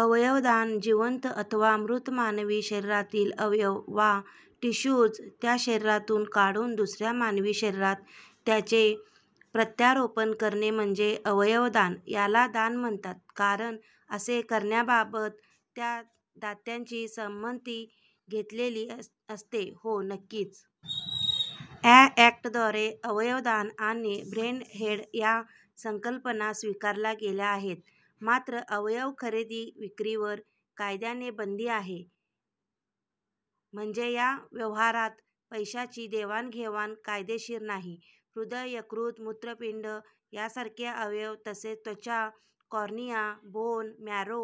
अवयवदान, जिवंत अथवा मृत मानवी शरीरातील अवयव वा टिश्यूज त्या शरीरातून काढून दुसऱ्या मानवी शरीरात त्यांचे प्रत्यारोपण करणे म्हणजे अवयवदान. याला दान म्हणतात कारण असे करण्याबाबत त्या दात्याची संमती घेतलेली असते. हो, नक्कीच. या अॅक्टद्वारे अवयवदान आणि ब्रेनडेड या संकल्पना स्वीकारल्या गेल्या आहेत. मात्र अवयव खरेदी-विक्रीवर कायद्याने बंदी आहे. म्हणजे या व्यवहारात पैशाची देवाणघेवाण कायदेशीर नाही. हृदय, यकृत, मूत्रपिंड यासारखे अवयव तसेच त्वचा, कॉर्निया, बोन मॅरो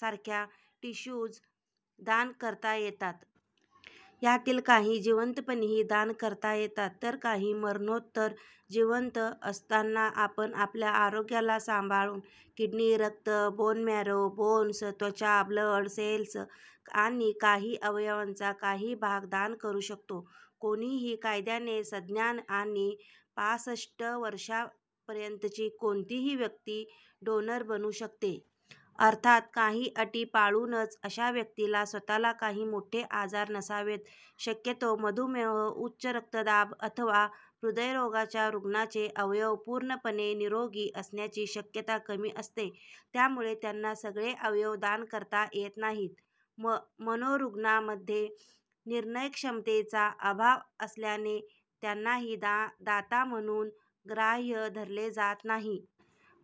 सारख्या टिश्यूज दान करता येतात. यातील काही जिवंतपणीही दान करता येतात तर काही मरणोत्तर. जिवंत असताना आपण आपल्या आरोग्याला सांभाळून किडनी, रक्त, बोन मॅरो, बोन्स, त्वचा, ब्लड सेल्स आणि काही अवयवांचा काही भाग दान करू शकतो. कोणीही कायद्याने सज्ञान आणि पासष्ट वर्षांपर्यंतची कोणतीही व्यक्ती डोनर बनू शकते. अर्थात काही अटी पाळूनच. अशा व्यक्तीला स्वतःला काही मोठे आजार नसावेत. शक्यतो मधुमेह, उच्चरक्तदाब अथवा हृदयरोगाच्या रुग्णांचे अवयव पूर्णपणे निरोगी असण्याची शक्यता कमी असते. त्यामुळे त्यांना सगळे अवयव दान करता येत नाहीत. मनोरुग्णांमध्ये निर्णयक्षमतेचा अभाव असल्याने त्यांनाही दाता म्हणून ग्राह्य धरले जात नाही.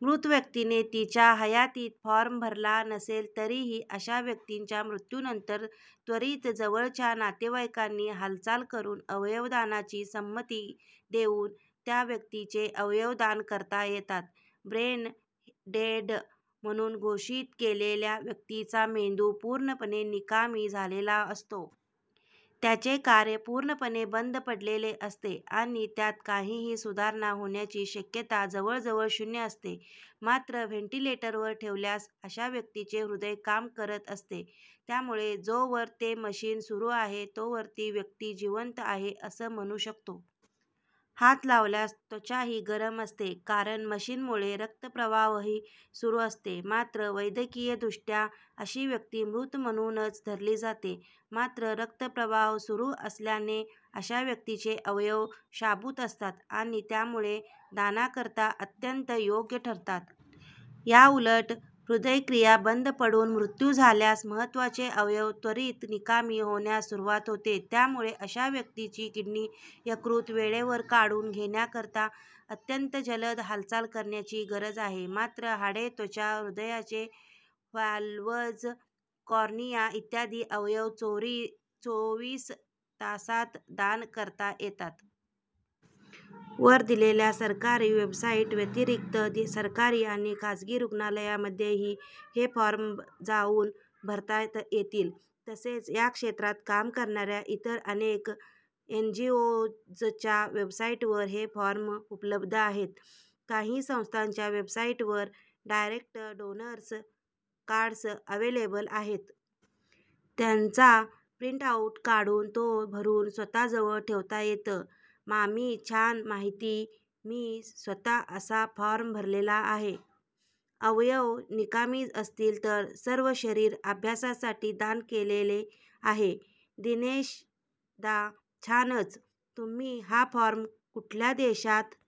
मृत व्यक्तीने तिच्या हयातीत फॉर्म भरला नसेल तरीही अशा व्यक्तीच्या मृत्यूनंतर त्वरीत जवळच्या नातेवाईकांनी हालचाल करून अवयवदानाची संमती देऊन त्या व्यक्तीचे अवयव दान करता येतात. ब्रेन डेड म्हणून घोषित केलेल्या व्यक्तीचा मेंदू पूर्णपणे निकामी झालेला असतो. त्याचे कार्य पूर्णपणे बंद पडलेले असते आणि त्यात काहीही सुधारणा होण्याची शक्यता जवळजवळ शून्य असते. मात्र व्हेंटिलेटरवर ठेवल्यास अशा व्यक्तीचे हृदय काम करत असते. त्यामुळे जोवर ते मशिन सुरू आहे, तोवर ती व्यक्ती जिवंत आहे असं म्हणू शकतो. हात लावल्यास त्वचाही गरम असते कारण मशिनमुळे रक्तप्रवाहही सुरू असतो. मात्र वैद्यकीय दृष्ट्या अशी व्यक्ती मृत म्हणूनच धरली जाते. मात्र रक्तप्रवाह सुरू असल्याने अशा व्यक्तींचे अवयव शाबुत असतात आणि त्यामुळे दानाकरता अत्यंत योग्य ठरतात. याउलट हृदयक्रिया बंद पडून मृत्यू आल्यास महत्त्वाचे अवयव त्वरीत निकामी होण्यास सुरुवात होते. त्यामुळे अशा व्यक्तींची किडनी, यकृत वेळेवर काढून घेण्याकरता अत्यंत जलद हालचाल करण्याची गरज आहे. मात्र हाडे, त्वचा, हृदयाचे व्हाल्व्हज, कॉर्निया इत्यादी अवयव चोवीस तासांत दान करता येतात. वर दिलेल्या सरकारी वेबसाईट व्यतिरिक्त सरकारी आणि खासगी रुग्णालयांमध्येही हे फॉर्म जाऊन भरता येतील. तसेच या क्षेत्रात काम करणाऱ्या इतर अनेक एनजीओजच्या वेबसाईटवर हे फॉर्म्स उपलब्ध आहेत. काही संस्थांच्या वेबसाईटवर डायरेक्ट डोनर्स कार्ड्स अव्हेलेबल आहेत. त्याचा प्रिंटआऊट काढून, तो भरून स्वतःजवळ ठेवता येतं. मामी, छान माहिती. मी स्वतः असा फॉर्म भरलेला आहे. अवयव निकामी असतील तर सर्व शरीर, अभ्यासासाठी दान केलेले आहे. दिनेशदा, छानच. तुम्ही हा फॉर्म कुठल्या देशात